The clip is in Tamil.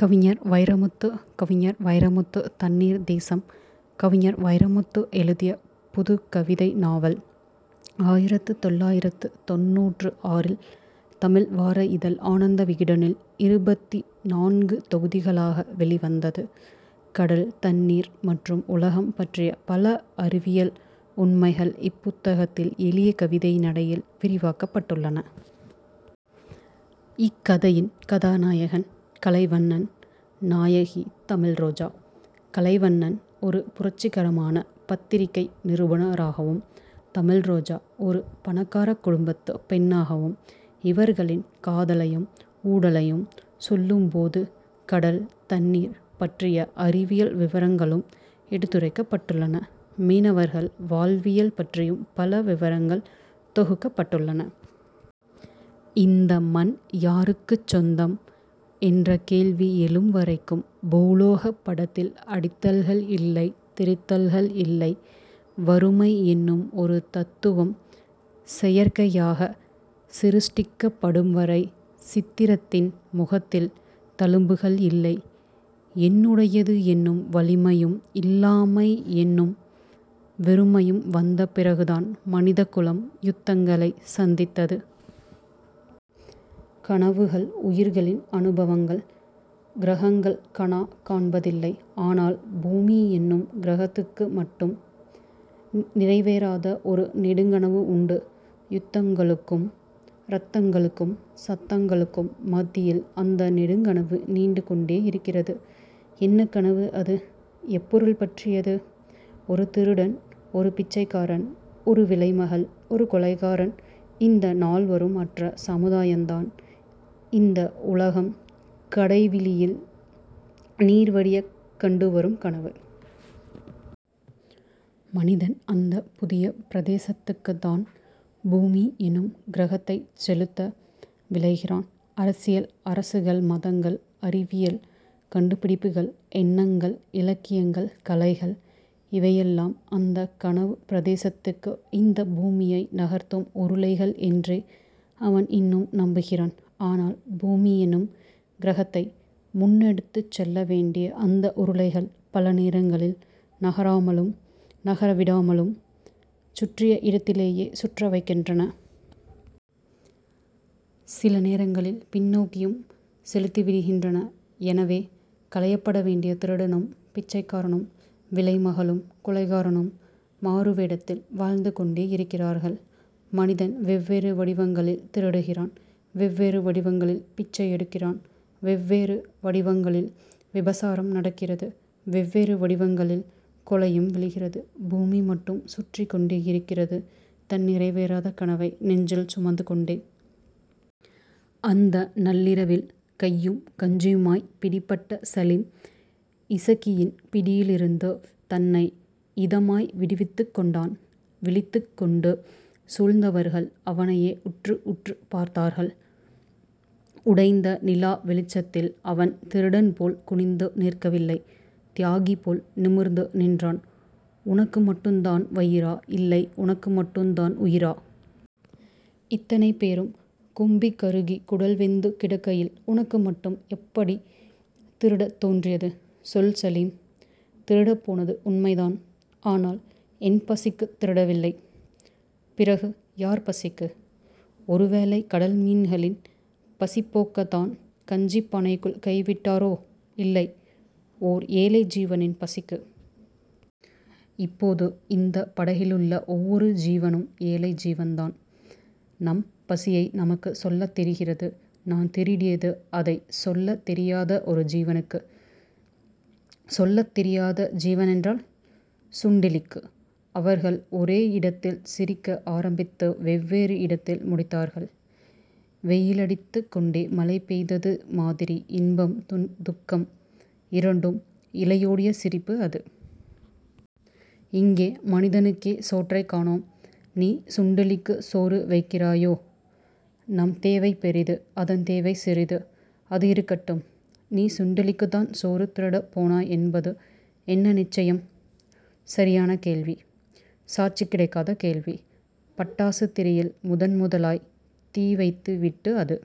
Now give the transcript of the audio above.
கவிஞர் வைரமுத்து கவிஞர் வைரமுத்து தண்ணீர் தேசம் கவிஞர் வைரமுத்து எழுதிய புதுக்கவிதை நாவல். ஆயிரத்து தொள்ளாயிரத்து தொண்ணூற்று ஆறில் தமிழ் வார இதழ் ஆனந்த விகடனில் இருபத்து நான்கு தொகுதிகளாக வெளிவந்தது. கடல், தண்ணீர் மற்றும் உலகம் பற்றிய பல அறிவியல் உண்மைகள் இப்புத்தகத்தில் எளிய கவிதை நடையில் விவரிக்கப் பட்டுள்ளன. இக் கதையின் கதாநாயகன் கலைவண்ணன், நாயகி தமிழ்ரோஜா. கலைவண்ணன் ஒரு புரட்சிகரமான பத்திரிகை நிருபுனராகவும், தமிழ்ரோஜா ஒரு பணக்கார குடும்பத்து பெண்ணாகவும், இவர்களின் காதலையும், ஊடலையும் சொல்லும்போது கடல், தண்ணீர் பற்றிய அறிவியல் விவரங்களும் எடுத்துரைக்கப் பட்டுள்ளன. மீனவர்கள் வாழ்வியல் பற்றியும் பல விவரங்கள் தொகுக்கப் பட்டுள்ளன. இந்த மண் யாருக்குச் சொந்தம் என்ற கேள்வி எழும்வரைக்கும் பூகோளப் படத்தில் அடித்தல்கள் இல்லை. திருத்தல்கள் இல்லை. வறுமை என்னும் ஒரு தத்துவம் செயற்கையாகச் சிருஷடிக்கப்படும்வரை சரித்திரத்தின் முகத்தில் தழும்புகள் இல்லை. என்னுடையது என்னும் வலிமையும், இல்லாமை என்னும் வெறுமையும் வந்த பிறகுதான் மனிதகுலம் யுத்தங்களைச் சந்தித்தது. கனவுகள் உயிர்களின் அனுபவங்கள். கிரகங்கள் கனாக் காண்பதில்லை. ஆனால், பூமி என்னும் கிரகத்துக்கு மட்டும் நிறைவேறாத ஒரு நெடுங்கனவு உண்டு. யுத்தங்களுக்கும் ரத்தங்களுக்கும் சத்தங்களுக்கும் மத்தியில் அந்த நெடுங்கனவு நீண்டு கொண்டேயிருக்கிறது. என்ன கனவு அது? எப்பொருள் பற்றியது? ஒரு திருடன் ஒரு பிச்சைக்காரன் ஒரு விலைமகள் ஒரு கொலைகாரன் இந்த நால்வரும் அற்ற சமுதாயம்தான் இந்த உலகம் கடைவிழியில் நீர்வடியக் கண்டுவரும் கனவு. மனிதன் அந்தப் புதிய பிரதேசத்துக்குத்தான் பூமி என்னும் கிரகத்தைச் செலுத்த விழைகிறான். அரசியல் அரசுகள் மதங்கள் அறிவியல் கண்டுபிடிப்புகள் எண்ணங்கள் இலக்கியங்கள் கலைகள் இவையெல்லாம் அந்தக் கனவுப் பிரதேசத்துக்கு இந்தப் பூமியை நகர்த்தும் உருளைகள் என்றே அவன் இன்னும் நம்புகிறான். ஆனால், பூமியென்னும் கிரகத்தை முன்னெடுத்துச் செல்ல வேண்டிய அந்த உருளைகள் பல நேரங்களில் நகராமலும் நகரவிடாமலும் சுற்றிய இடத்திலேயே சுற்ற வைக்கின்றன. சில நேரங்களில் பின்னோக்கியும் செலுத்திவிடுகின்றன. எனவே களையப்பட வேண்டிய திருடனும் பிச்சைக்காரனும் விலைமகளும் கொலைகாரனும் மாறுவேடத்தில் வாழ்ந்து கொண்டேயிருக்கிறார்கள். மனிதன் வெவ்வேறு வடிவங்களில் திருடுகிறான். வெவ்வேறு வடிவங்களில் பிச்சையெடுக்கிறான். வெவ்வேறு வடிவங்களில் விபசாரம் நடக்கிறது. வெவ்வேறு வடிவங்களில் கொலையும் விழுகிறது. பூமி மட்டும் சுற்றிக்கொண்டேயிருக்கிறது தன் நிறைவேறாத கனவை நெஞ்சில் சுமந்துகொண்டே. அந்த நள்ளிரவில் கையும் கஞ்சியுமாய்ப் பிடிபட்ட சலீம், இசக்கியின் பிடியிலிருந்து தன்னை இதமாய் விடுவித்துக் கொண்டான். விழித்துக்கொண்டு சூழ்ந்தவர்கள் அவனையே உற்று உற்றுப் பார்த்தார்கள் உடைந்த நிலாவெளிச்சத்தில். அவன் திருடன்போல் குனிந்து நிற்கவில்லை. தியாகிபோல் நிமிர்ந்து நின்றான். உனக்கு மட்டுந்தான் வயிறா? இல்லை உனக்கு மட்டுந்தான் உயிரா? இத்தனை பேரும் கும்பிகருகிக் குடல் வெந்து கிடக்கையில் உனக்கு மட்டும் எப்படித் திருடத் தோன்றியது? சொல் சலீம். திருடப் போனது உண்மைதான். ஆனால், என் பசிக்குத் திருடவில்லை... பிறகு யார் பசிக்கு? ஒருவேளை கடல்மீன்களின் பசிபோக்கத்தான் கஞ்சிப் பானைக்குள் கைவிட்டாரோ? இல்லை. ஓர் ஏழை ஜீவனின் பசிக்கு. இப்போது இந்தப் படகிலுள்ள ஒவ்வொரு ஜீவனும் ஏழை ஜீவன்தான். நம் பசியை நமக்குச் சொல்லத் தெரிகிறது. நான் திருடியது அதைச் சொல்லத் தெரியாத ஒரு ஜீவனுக்கு. சொல்லத் தெரியாத ஜீவனென்றால்..? சுண்டெலிக்கு. அவர்கள் ஒரே இடத்தில் சிரிக்க ஆரம்பித்து வெவ்வேறு இடத்தில் முடித்தார்கள். வெயிலடித்துக் கொண்டே மழை பெய்தது மாதிரி இன்பம், துக்கம் இரண்டும் இழையோடிய சிரிப்பு அது. இங்கே மனிதனுக்கே சோற்றைக் காணோம். நீ சுண்டெலிக்குச் சோறு வைக்கிறாயோ? நம் தேவை பெரிது. அதன் தேவை சிறிது. அது இருக்கட்டும். நீ சுண்டெலிக்குத்தான் சோறு திருடப் போனாய் என்பது என்ன நிச்சயம்? சரியான கேள்வி. சாட்சி கிடைக்காத கேள்வி. பட்டாசுத் திரியில் முதன்முதலாய்த் தீ வைத்துவிட்டு அது